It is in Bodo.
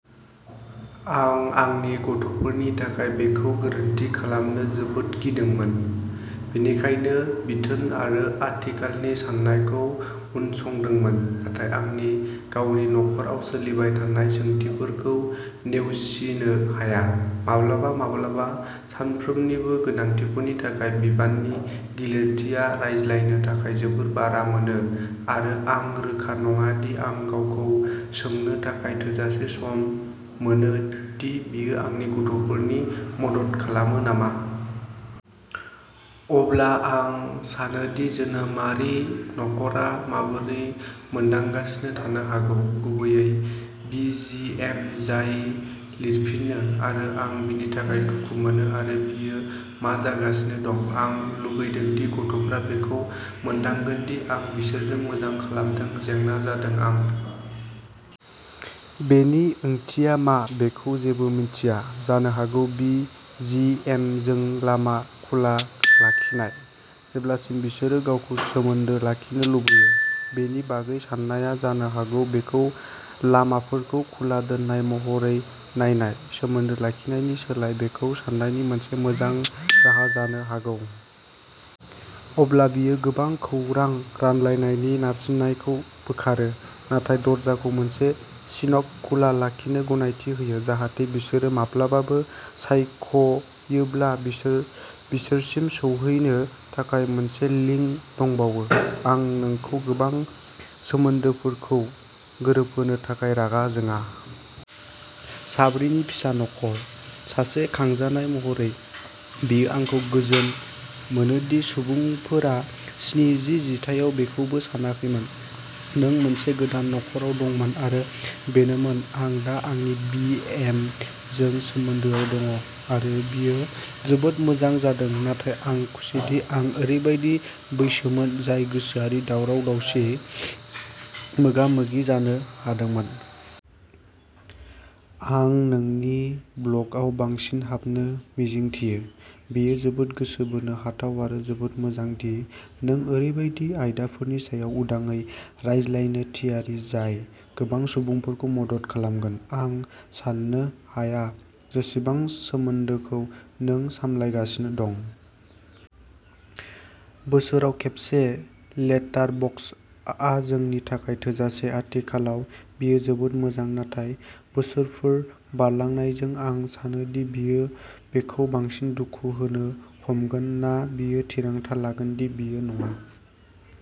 आं आंनि गथ'फोरनि थाखाय बेखौ गोरोन्थि खालामनो जोबोद गिदोंमोन, बेनिखायनो बिथोन आरो आथिखालनि साननायखौ उनसंदोंमोन, नाथाय आंनि गावनि खर'आव सोलिबाय थानाय सोंथिफोरखौ नेवसिनो हाया। माब्लाबा-माब्लाबा साफ्रोमनिबो गोनांथिफोरनि थाखाय बिबाननि गिलिरथिया रायज्लायनो थाखाय जोबोद बारा मोनो आरो आं रोखा नङा दि आं गावखौ सोंनो थाखाय थोजासे सम मोनो दि बेयो आंनि गथ'फोरनि मदद खालामो नामा। अब्ला आं सानो दि जोनोमारि नखरा माबोरै मोनदांगासिनो थानो हागौ, गुबैयै बि जि एम जाय लिरफिनो, आरो आं बिनि थाखाय दुखु मोनो आरो बियो मा जागासिनो दं। आं लुगैदों दि गथ'फोरा बेखौ मोनदांगोन दि आं बिसोरजों मोजां खालामदों, जेंना जादों आं। बेनि ओंथिया मा बेखौ जेबो मिन्थिया। जानो हागौ बि जि एम जों लामा खुला लाखिनाय, जेब्लासिम बिसोर गावखौ सोमोन्दो लाखिनो लुबैयो। बेनि बागै साननाया जानो हागौ बेखौ लामाफोरखौ खुला दोननाय महरै नायनाय, सोमोन्दो लाखिनायनि सोलाय, बेखौ सान्नायनि मोनसे मोजां राहा जानो हागौ। अब्ला बेयो गोबां खौरां रानलायनायनि नारसिननायखौ बोखारो, नाथाय दरजाखौ मोनसे सिनक खुला लाखिनो गनायथि होयो, जाहाथे बिसोर माब्लाबाबो सायख'योब्ला बिसोर बिसोरसिम सौहैनो थाखाय मोनसे लिंक दंबावो। आं नोंखौ गोबां सोमोन्दोफोरखौ गोरोबहोनो थाखाय रागा जोङा। साब्रै नि फिसा नखर, सासे खांजानाय महरै बेयो आंखौ गोजोन मोनो दि सुबुंफोरा स्निजि जिथाइयाव बेखौबो सानाखैमोन। नों मोनसे गोदान नख'राव दंमोन आरो बेनोमोन। आं दा आंनि बि. एम. जों सोमोन्दोआव दं आरो बेयो जोबोद मोजां जादों, नाथाय आं खुसिदि आं ओरैबायदि बैसोमोन जाय गोसोआरि दावराव-दावसिजों मोगा-मोगि जानो हादोंमोन। आं नोंनि ब्लगआव बांसिन हाबनो मिजिंथियो, बेयो जोबोद गोसो बोनो हाथाव आरो जोबोद मोजां दि नों ओरैबायदि आयदाफोरनि सायाव उदाङै रायज्लायनो थियारि जाय गोबां सुबुंफोरखौ मदद खालामगोन। आं साननो हाया जेसेबां सोमोन्दोखौ नों सामलायगासिनो दं। बोसोराव खेबसे लेटारबक्सआ जोंनि थाखाय थोजासे। आथिखालाव बेयो जोबोद मोजां नाथाय बोसोरफोर बारलांनायजों आं सानो दि बेयो बिखौ बांसिन दुखु होनो हमगोन ना बियो थिरांथा लागोन दि बियो नाङा।